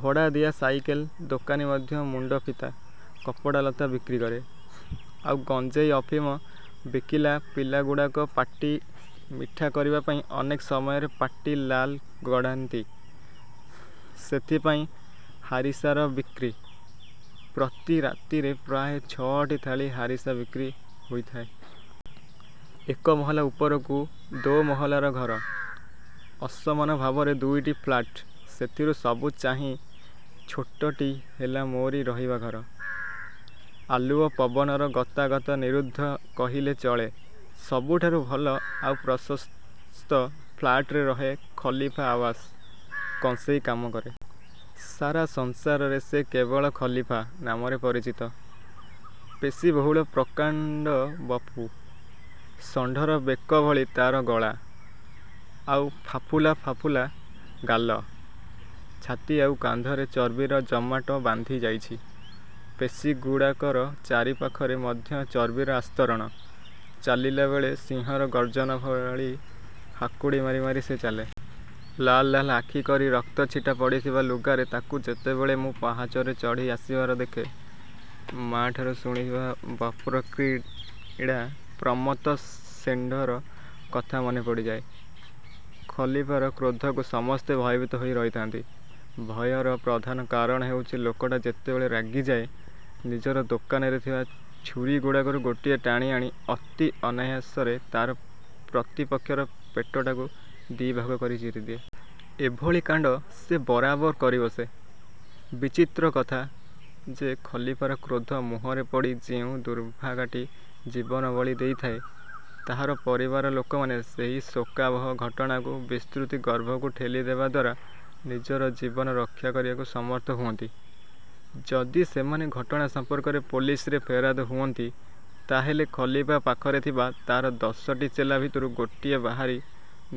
ଭଡ଼ା ଦିଆ ସାଇକେଲ ଦୋକାନୀ ମଧ୍ୟ ମୁଣ୍ଡଫିତା, କପଡ଼ା ଲତା ବିକ୍ରି କରେ। ଆଉ ଗଞ୍ଜେଇ ଅଫିମ ବିକିଲା ପିଲାଗୁଡ଼ାକ ପାଟି ମିଠା କରିବା ପାଇଁ ଅନେକ ସମୟରେ ପାଟି ଲାଳ ଗଡ଼ାନ୍ତି। ସେଥିପାଇଁ 'ହାରିସା'ର ବିକ୍ରି। ପ୍ରତି ରାତିରେ ପ୍ରାୟ ଛ'ଟି ଥାଳି ହାରିସା ବିକ୍ରି ହୋଇଯାଏ'। ଏକମହଲା ଉପରକୁ ଦୋମହଲାର ଘର। ଅସମାନ ଭାବରେ ଦୁଇଟି ଫ୍ଲାଟ। ସେଥିରୁ ସବୁ ଚାହିଁ ଛୋଟଟି ହେଲା ମୋରି ରହିବା ଘର। ଆଲୁଅ ପବନର ଗତାଗତ ନିରୁଦ୍ଧ କହିଲେ ଚଳେ। ସବୁଠାରୁ ଭଲ ଆଉ ପ୍ରଶସ୍ତ ଫ୍ଲାଟରେ ରହେ ଖଲିଫା ଆବାସ। କଂସେଇ କାମ କରେ। ସାରା ସଂସାରରେ ସେ କେବଳ 'ଖଲିଫା' ନାମରେ ପରିଚିତ। ପେଶୀବହୁଳ ପ୍ରକାଣ୍ଡ ବପୁ। ଷଣ୍ଢର ବେକ ଭଳି ତାର ଗଳା, ଆଉ ଫାପୁଲା ଫାପୁଲା ଗାଲ। ଛାତି ଆଉ କାନ୍ଧରେ ଚର୍ବିର ଜମାଟ ବାନ୍ଧିଯାଇଚି। ପେଶୀଗୁଡ଼ାକର ଚାରିପାଖରେ ମଧ୍ୟ ଚର୍ବିର ଆସ୍ତରଣ। ଚାଲିଲାବେଳେ ସିଂହର ଗର୍ଜନ ଭଳି ହାକୁଡ଼ି ମାରି ମାରି ସେ ଚାଲେ। ଲାଲ ଲାଲ ଆଖି କରି ରକ୍ତଛିଟା ପଡ଼ିଥିବା ଲୁଗାରେ ତାକୁ ଯେତେବେଳେ ମୁଁ ପାହାଚରେ ଚଢ଼ି ଆସିବାର ଦେଖେ, ମା'ଠାରୁ ଶୁଣିଥିବା ବପ୍ରକ୍ରିଡ଼ା ପ୍ରମତ୍ତ ଷେଣ୍ଢର କଥା ମନେ ପଡ଼ିଯାଏ। ଖଲିଫାର କ୍ରୋଧକୁ ସମସ୍ତେ ଭୟଭୀତ ହୋଇ ରହିଥାନ୍ତି। ଭୟର ପ୍ରଧାନ କାରଣ ହେଉଛି ଲୋକଟା ଯେତେବେଳେ ରାଗିଯାଏ, ନିଜର ଦୋକାନରେ ଥିବା ଛୁରିଗୁଡ଼ାକରୁ ଗୋଟାଏ ଟାଣି ଆଣି ଅତି ଅନାୟାସରେ ତାର ପ୍ରତିପକ୍ଷର ପେଟଟାକୁ ଦିଭାଗ କରି ଚିରିଦିଏ। ଏଭଳି କାଣ୍ଡ ସେ ବରାବର କରିବସେ। ବିଚିତ୍ର କଥା ଯେ ଖଲିଫାର କ୍ରୋଧ ମୁହଁରେ ପଡ଼ି ଯେଉଁ ଦୁର୍ଭାଗାଟି ଜୀବନଵଳି ଦେଇଥାଏ, ତାହାର ପରିବାର ଲୋକମାନେ ସେହି ଶୋକାବହ ଘଟଣାକୁ ବିସ୍ମୃତି ଗର୍ଭକୁ ଠେଲି ଦେବା ଦ୍ଵାରା ନିଜର ଜୀବନ ରକ୍ଷାକରିବାକୁ ସମର୍ଥ ହୁଅନ୍ତି। ଯଦି ସେମାନେ ଘଟଣା ସମ୍ପର୍କରେ ପୋଲିସରେ ଫେରାଦ ହୁଅନ୍ତି ତାହେଲେ ଖଲିଫା ପାଖରେ ଥିବା ତାର ଦଶଟି ଚେଲା ଭିତରୁ ଗୋଟିଏ ବାହାରି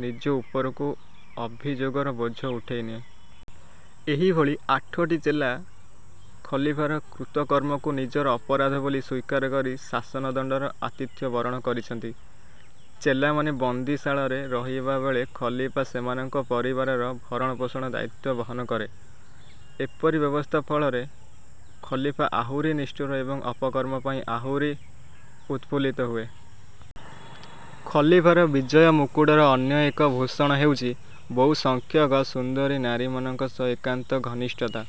ନିଜ ଉପରକୁ ଅଭିଯୋଗର ବୋଝ ଉଠେଇନିଏ। ଏହିଭଳି ଆଠଟି ଚେଲା ଖଲିଫାର କୃତକର୍ମକୁ ନିଜର ଅପରାଧ ବୋଲି ସ୍ଵୀକାର କରି ଶାସନଦଣ୍ଡର ଆତିଥ୍ୟ ବରଣ କରିଛନ୍ତି। ଚେଲାମାନେ ବନ୍ଦୀଶାଳରେ ରହିବାବେଳେ ଖଲିଫା ସେମାନଙ୍କ ପରିବାରର ଭରଣପୋଷଣ ଦାୟିତ୍ୱ ବହନ କରେ। ଏପରି ବ୍ୟବସ୍ଥା ଫଳରେ ଖଲିଫା ଆହୁରି ନିଷ୍ଠୁର ଏବଂ ଅପକର୍ମ ପାଇଁ ଆହୁରି ଉତ୍ଫୁଲିତ ହୁଏ। ଖଲିଫାର ବିଜୟ ମୁକୁଟର ଅନ୍ୟ ଏକ ଭୂଷଣ ହେଉଛି, ବହୁ ସଂଖ୍ୟକ ସୁନ୍ଦରୀ ନାରୀମାନଙ୍କ ସହ ଏକାନ୍ତ ଘନିଷ୍ଠତା।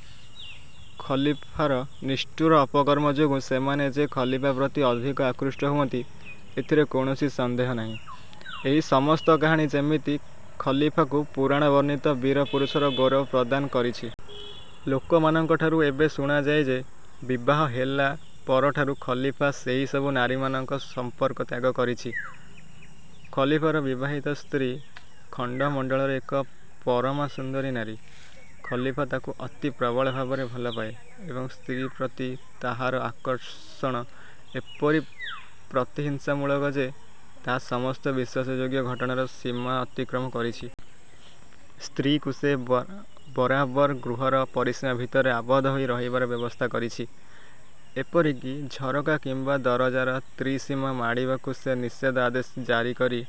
ଖଲିଫାର ନିଷ୍ଠୁର ଅପକର୍ମ ଯୋଗୁଁ ସେମାନେ ଯେ ଖଲିଫା ପ୍ରତି ଅଧିକ ଆକୃଷ୍ଟ ହୁଅନ୍ତି, ଏଥିରେ କୌଣସି ସନ୍ଦେହ ନାହିଁ। ଏହି ସମସ୍ତ କାହାଣୀ ଯେମିତି ଖଲିଫାକୁ ପୁରାଣ ବର୍ଣ୍ଣିତ ବୀର ପୁରୁଷର ଗୌରବ ପ୍ରଦାନ କରିଛି। ଲୋକମାନଙ୍କଠାରୁ ଏବେ ଶୁଣାଯାଏ ଯେ, ବିବାହ ହେଲା ପରଠାରୁ ଖଲିଫା ସେହିସବୁ ନାରୀମାନଙ୍କ ସମ୍ପର୍କ ତ୍ୟାଗ କରିଛି। ଖଲିଫାର ବିବାହିତ ସ୍ତ୍ରୀ ଖଣ୍ଡମଣ୍ଡଳରେ ଏକ ପରମାସୁନ୍ଦରୀ ନାରୀ। ଖଲିଫା ତାକୁ ଅତି ପ୍ରବଳ ଭାବରେ ଭଲପାଏ ଏବଂ ସ୍ତ୍ରୀ ପ୍ରତି ତାହାର ଆକର୍ଷଣ ଏପରି ପ୍ରତିହିଂସାମୂଳକ ଯେ ତାହା ସମସ୍ତ ବିଶ୍ୱାସଯୋଗ୍ୟ ଘଟଣାର ସୀମା ଅତିକ୍ରମ କରିଛି। ସ୍ତ୍ରୀକୁ ସେ ବରାବର ଗୃହର ପରିସୀମା ଭିତରେ ଆବଦ୍ଧ ହୋଇ ରହିବାର ବ୍ୟବସ୍ଥା କରିଛି; ଏପରିକି ଝରକା କିମ୍ଵା ଦରଜାର ତ୍ରିସୀମା ମାଡ଼ିବାକୁ ସେ ନିଷେଧ ଆଦେଶ ଜାରିକରି